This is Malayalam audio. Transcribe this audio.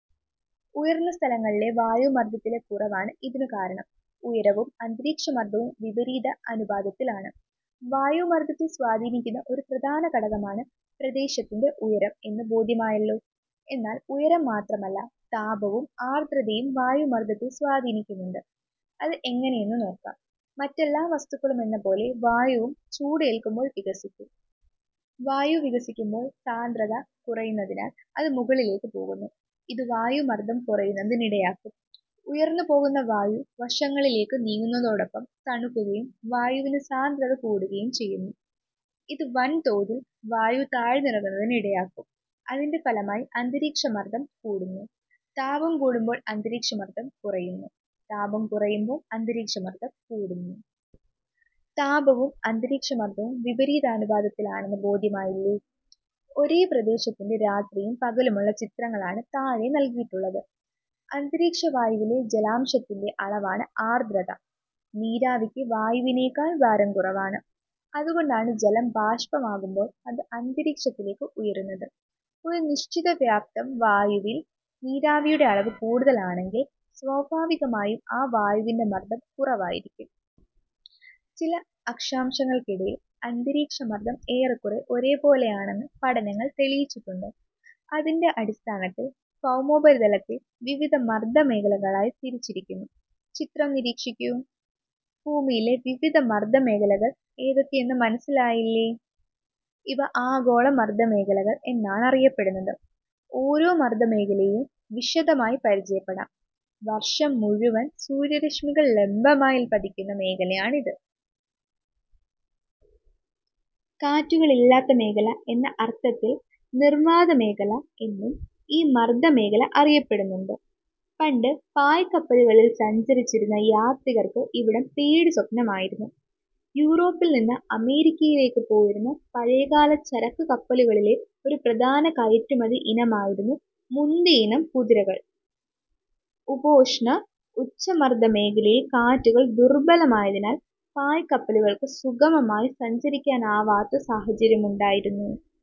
ഉയർന്ന സ്ഥലങ്ങളിലെ വായുമർദത്തിലെ കുറവാണ് ഇതിനുകാരണം. ഉയരവും അന്തരീക്ഷമർദവും വിപരീത അനുപാതത്തിലാണ്. വായുമർദത്തെ സ്വാധീനിക്കുന്ന ഒരു പ്രധാന ഘടകമാണ് പ്രദേശത്തിന്റെ ഉയരം എന്നു ബോധ്യമായല്ലോ. എന്നാൽ ഉയരം മാത്രമല്ല, താപവും ആർദ്രതയും വായുമർദത്തെ സ്വാധീനിക്കുന്നുണ്ട്. അത് എങ്ങനെയെന്നു നോക്കാം. മറ്റെല്ലാ വസ്തുക്കളുമെന്നപോലെ വായുവും ചൂടേൽക്കുമ്പോൾ വികസിക്കും. വായു വികസിക്കുമ്പോൾ സാന്ദ്രത കുറയുന്നതിനാൽ അത് മുകളിലേക്ക് പോകുന്നു. ഇത് വായുമർദം കുറയുന്നതിനിടയാക്കും. ഉയർന്നു പോകുന്ന വായു വശങ്ങളിലേക്ക് നീങ്ങുന്നതോടൊപ്പം തണുക്കുകയും വായുവിന് സാന്ദ്രത കൂടുകയും ചെയ്യുന്നു. ഇത് വൻതോതിൽ വായു താഴ്ന്നിറങ്ങുന്നതിനിടയാക്കും. അതിന്റെ ഫലമായി അന്തരീക്ഷമർദം കൂടുന്നു. താപം കൂടുമ്പോൾ അന്തരീക്ഷമർദം കുറയുന്നു. താപം കുറയുമ്പോൾ അന്തരീക്ഷമർദം കൂടുന്നു. താപവും അന്തരീക്ഷമർദവും വിപരീതാനുപാതത്തിലാണെന്ന് ബോധ്യമായില്ലേ. ഒരേ പ്രദേശത്തിന്റെ രാത്രിയും പകലുമുള്ള ചിത്രങ്ങളാണ് താഴെ നൽകിയിട്ടുള്ളത്. അന്തരീക്ഷവായുവിലെ ജലാംശത്തിന്റെ അളവാണ് ആർദ്രത. നീരാവിക്ക് വായുവിനെക്കാൾ ഭാരം കുറവാണ്. അതുകൊണ്ടാണ് ജലം ബാഷ്പമാകുമ്പോൾ അത് അന്തരീക്ഷത്തിലേക്ക് ഉയരുന്നത്. ഒരു നിശ്ചിത വ്യാപ്തം വായുവിൽ നീരാവിയുടെ അളവ് കൂടുതലാണെങ്കിൽ സ്വാഭാവികമായും ആ വായുവിന്റെ മർദം കുറവായിരിക്കും. ചില അക്ഷാംശങ്ങൾക്കിടയിൽ അന്തരീക്ഷ മർദം ഏറെക്കുറെ ഒരുപോലെയാണെന്ന് പഠനങ്ങൾ തെളിയിച്ചിട്ടുണ്ട്. അതിന്റെ അടിസ്ഥാനത്തിൽ ഭൗമോപരിതലത്തെ വിവിധ മർദമേഖലകളായി തിരിച്ചിരിക്കുന്നു. ചിത്രം നിരീക്ഷിക്കൂ. ഭൂമിയിലെ വിവിധ മർദമേഖലകൾ ഏതൊക്കെയെന്നു മനസിലാക്കിയില്ലേ. ഇവ ആഗോള മർദമേഖലകൾ എന്നാണറിയപ്പെടുന്നത്. ഓരോ മർദമേഖലയെയും വിശദമായി പരിചയപ്പെടാം. വർഷം മുഴുവൻ സൂര്യരശ്മികൾ ലംബമായി പതിക്കുന്ന മേഖലയാണിത്. കാറ്റുകളില്ലാത്ത മേഖല എന്ന അർഥത്തിൽ "നിർവാതമേഖല' എന്നും ഈ മർദ മേഖല അറിയപ്പെടുന്നു. പണ്ടു പായ്ക്കപ്പലുകളിൽ സഞ്ചരിച്ചിരുന്ന യാത്രികർക്ക് ഇവിടം പേടിസ്വപ്നമായിരുന്നു. യൂറോപ്പിൽ നിന്ന് അമേരിക്കയിലേക്ക് പോയിരുന്ന പഴയകാല ചരക്കുകപ്പലുകളിലെ ഒരു പ്രധാന കയറ്റുമതി ഇനമായിരുന്നു മുന്തിയ ഇനം കുതിരകൾ. ഉപോഷ്ണ ഉച്ചമർദമേഖലയിൽ കാറ്റുകൾ ദുർബലമായതിനാൽ പായ്ക്കപ്പലുകൾക്ക് സുഗമമായി സഞ്ചരിക്കാനാവാത്ത സാഹചര്യമുണ്ടായിരുന്നു.